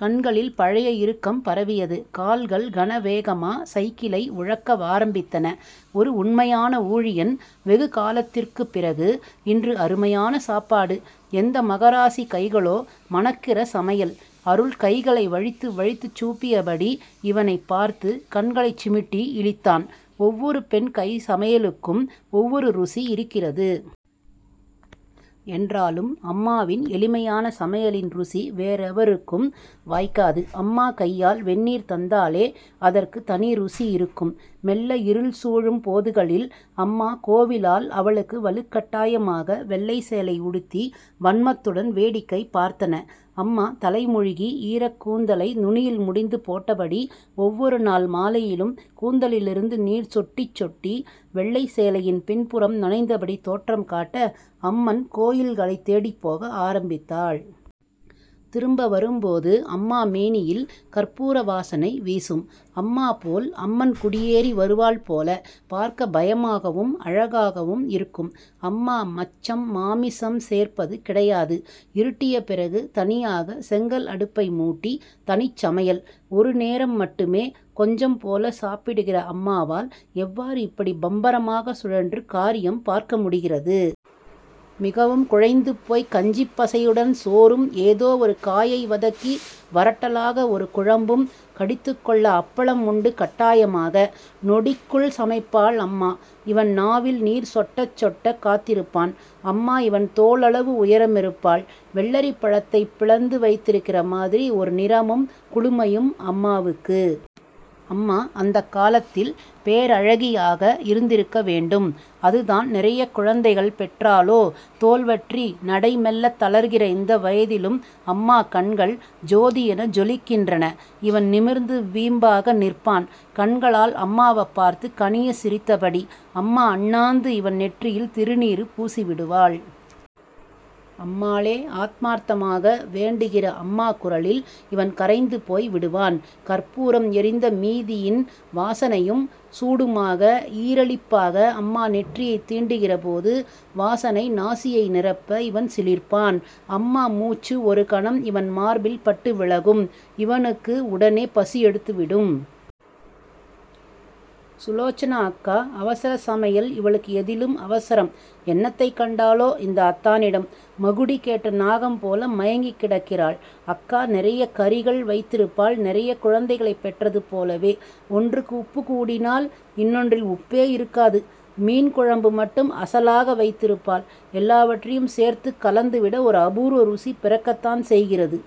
கண்களில் பழைய இறுக்கம் பரவியது. கால்கள் கனவேகமா சைக்கிளை உழக்க வாரம்பித்தன. ஒரு உண்மையான ஊழியன் வெகு காலத்திற்குப்பிறகு, இன்று அருமையான சாப்பாடு. எந்த மகராசி கைகளோ மணக்கிற சமையல். அருள் கைகளை வழித்து வழித்துச் சூப்பியபடி இவனைப் பார்த்து கண்களைச் சிமிட்டி இளித்தான். ஒவ்வொரு பெண் கைச்சமையலுக்கும் ஒவ்வொரு ருசி இருக்கிறது. என்றாலும் அம்மாவின் எளிமையான சமையலின் ருசி வேறெவருக்கும் வாய்க்காது. அம்மா கையால் வெந்நீர் தந்தாலே அதற்குத் தனி ருசி இருக்கும். மெல்ல இருள் சூழும் போதுகளில் அம்மா கோவிலால் அவளுக்கு வலுக்கட்டாயமாக வெள்ளைச்சேலை உடுத்தி வன்மத்துடன் வேடிக்கை பார்த்தன. அம்மா தலை முழுகி ஈரக்கூந்தலை நுனியில் முடிந்து போட்டபடி ஒவ்வொரு நாள் மாலையிலும் கூந்தலிலிருந்து நீர் சொட்டிச் சொட்டி வெள்ளைச்சேலையின் பின்புறம் நனைந்தபடி தோற்றம்காட்ட, அம்மன் கோயில்களைத் தேடிப்போக ஆரம்பித்தாள். திரும்பவரும்போது அம்மா மேனியில் கற்பூர வாசனை வீசும். அம்மா போல் அம்மன் குடியேறி வருவாள் போல பார்க்க பயமாகவும் அழகாகவும் இருக்கும். அம்மா மச்சம் மாமிசம் சேர்ப்பது கிடையாது. இருட்டிய பிறகு தனியாக செங்கல் அடுப்பைமூட்டி தனிச் சமையல். ஒரு நேரம் மட்டுமே கொஞ்சம் போலச் சாப்பிடுகிற அம்மாவால் எவ்வாறு இப்படி பம்பரமாகச் சுழன்று காரியம் பார்க்கமுடிகிறது! மிகவும் குழைந்து போய்க் கஞ்சிப் பசையுடன் சோறும் ஏதோ ஒரு காயை வதக்கி வறட்டலாக ஒரு குழம்பும், கடித்துக்கொள்ள அப்பளம் உண்டு கட்டாயமாக. நொடிக்குள் சமைப்பாள் அம்மா. இவன் நாவில் நீர் சொட்டச்சொட்ட காத்திருப்பான். அம்மா இவன் தோளளவு உயரமிருப்பாள். வெள்ளரிப்பழத்தைப் பிளந்து வைத்திருக்கிற மாதிரி ஒரு நிறமும் குளுமையும் அம்மாவுக்கு. அம்மா அந்தக்காலத்தில் பேரழகியாக இருந்திருக்க வேண்டும். அதுதான் நிறையக் குழந்தைகள் பெற்றாளோ தோல்வற்றி நடை மெல்லத் தளர்கிற இந்த வயதிலும் அம்மா கண்கள் ஜோதியென ஜொலிக்கின்றன. இவன் நிமிர்ந்து வீம்பாக நிற்பான் கண்களால் அம்மாவப் பார்த்து கனியச் சிரித்தபடி. அம்மா அண்ணாந்து இவன் நெற்றியில் திருநீறு பூசிவிடுவாள். அம்மாளே ஆத்மார்த்தமாக வேண்டுகிற அம்மா குரலில் இவன் கரைந்து போய் விடுவான். கற்பூரம் எரிந்த மீதியின் வாசனையும் சூடுமாக ஈரலிப்பாக அம்மா நெற்றியைத் தீண்டுகிற போது வாசனை நாசியை நிரப்ப இவன் சிலிர்ப்பான். அம்மா மூச்சு ஒருகணம் இவன் மார்பில் பட்டுவிலகும். இவனுக்கு உடனே பசியெடுத்துவிடும். சுலோசனா அக்கா அவசரச் சமையல் இவளுக்கு எதிலும் அவசரம் என்னத்தைக் கண்டாளோ இந்த அத்தானிடம். மகுடி கேட்ட நாகம்போல மயங்கிக் கிடக்கிறாள். அக்கா நிறையக்கறிகள். வைத்திருப்பாள் நிறையக் குழந்தைகளைப் பெற்றது போலவே, ஒன்றுக்கு உப்புக்கூடினால் இன்னொன்றில் உப்பே இருக்காது. மீன்குழம்பு மட்டும் அசலாக வைத்திருப்பாள். எல்லாவற்றையும் சேர்த்துக் கலந்துவிட ஒரு அபூர்வ ருசி பிறக்கத்தான் செய்கிறது.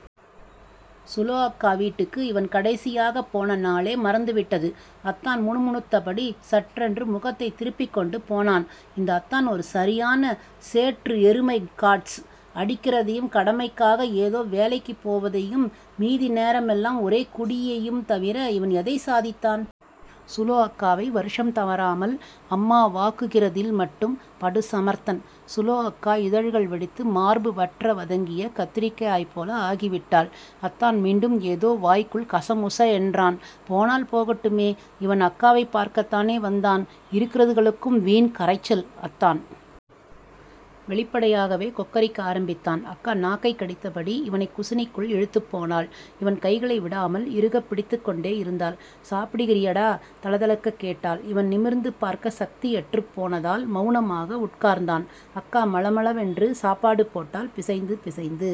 சுலோ அக்கா வீட்டுக்கு இவன் கடைசியாகப் போனநாளே மறந்துவிட்டது. அத்தான் முணுமுணுத்தபடி சட்டென்று முகத்தைத் திருப்பிக்கொண்டு போனான். இந்த அத்தான் ஒரு சரியான சேற்று எருமை காட்ஸ் அடிக்கிறதையும், கடமைக்காக ஏதோ வேலைக்குப் போவதையும் மீதி நேரமெல்லாம் ஒரே குடியையும் தவிர இவன் எதைத் சாதித்தான்? சுலோ அக்காவை வருஷம் தவறாமல் அம்மாவாக்குகிறதில் மட்டும் படுசமர்த்தன். சுலோ அக்கா இதழ்கள் வெடித்து மார்பு வற்ற வதங்கிய கத்தரிக்காய் போல ஆகிவிட்டாள். அத்தான் மீண்டும் ஏதோ வாய்க்குள் கசமுச என்றான். போனால் போகட்டுமே! இவன் அக்காவைப் பார்க்கத் தானே வந்தான். இருக்கிறதுகளுக்கும் வீண் கரைச்சல். அத்தான் வெளிப்படையாகவே கொக்கரிக்க ஆரம்பித்தான். அக்கா நாக்கை கடித்தபடி இவனைக் குசினிக்குள் இழுத்துப் போனாள் இவன் கைகளை விடாமல் இறுகப் பிடித்துக் கொண்டேயிருந்தாள். சாப்பிடுகிறியடா தளதளக்க கேட்டாள். இவன் நிமிர்ந்து பார்க்க சக்தியற்றுப் போனதால் மெளனமாக உட்கார்ந்தான். அக்கா மளமளவென்று சாப்பாடு போட்டாள். பிசைந்து பிசைந்து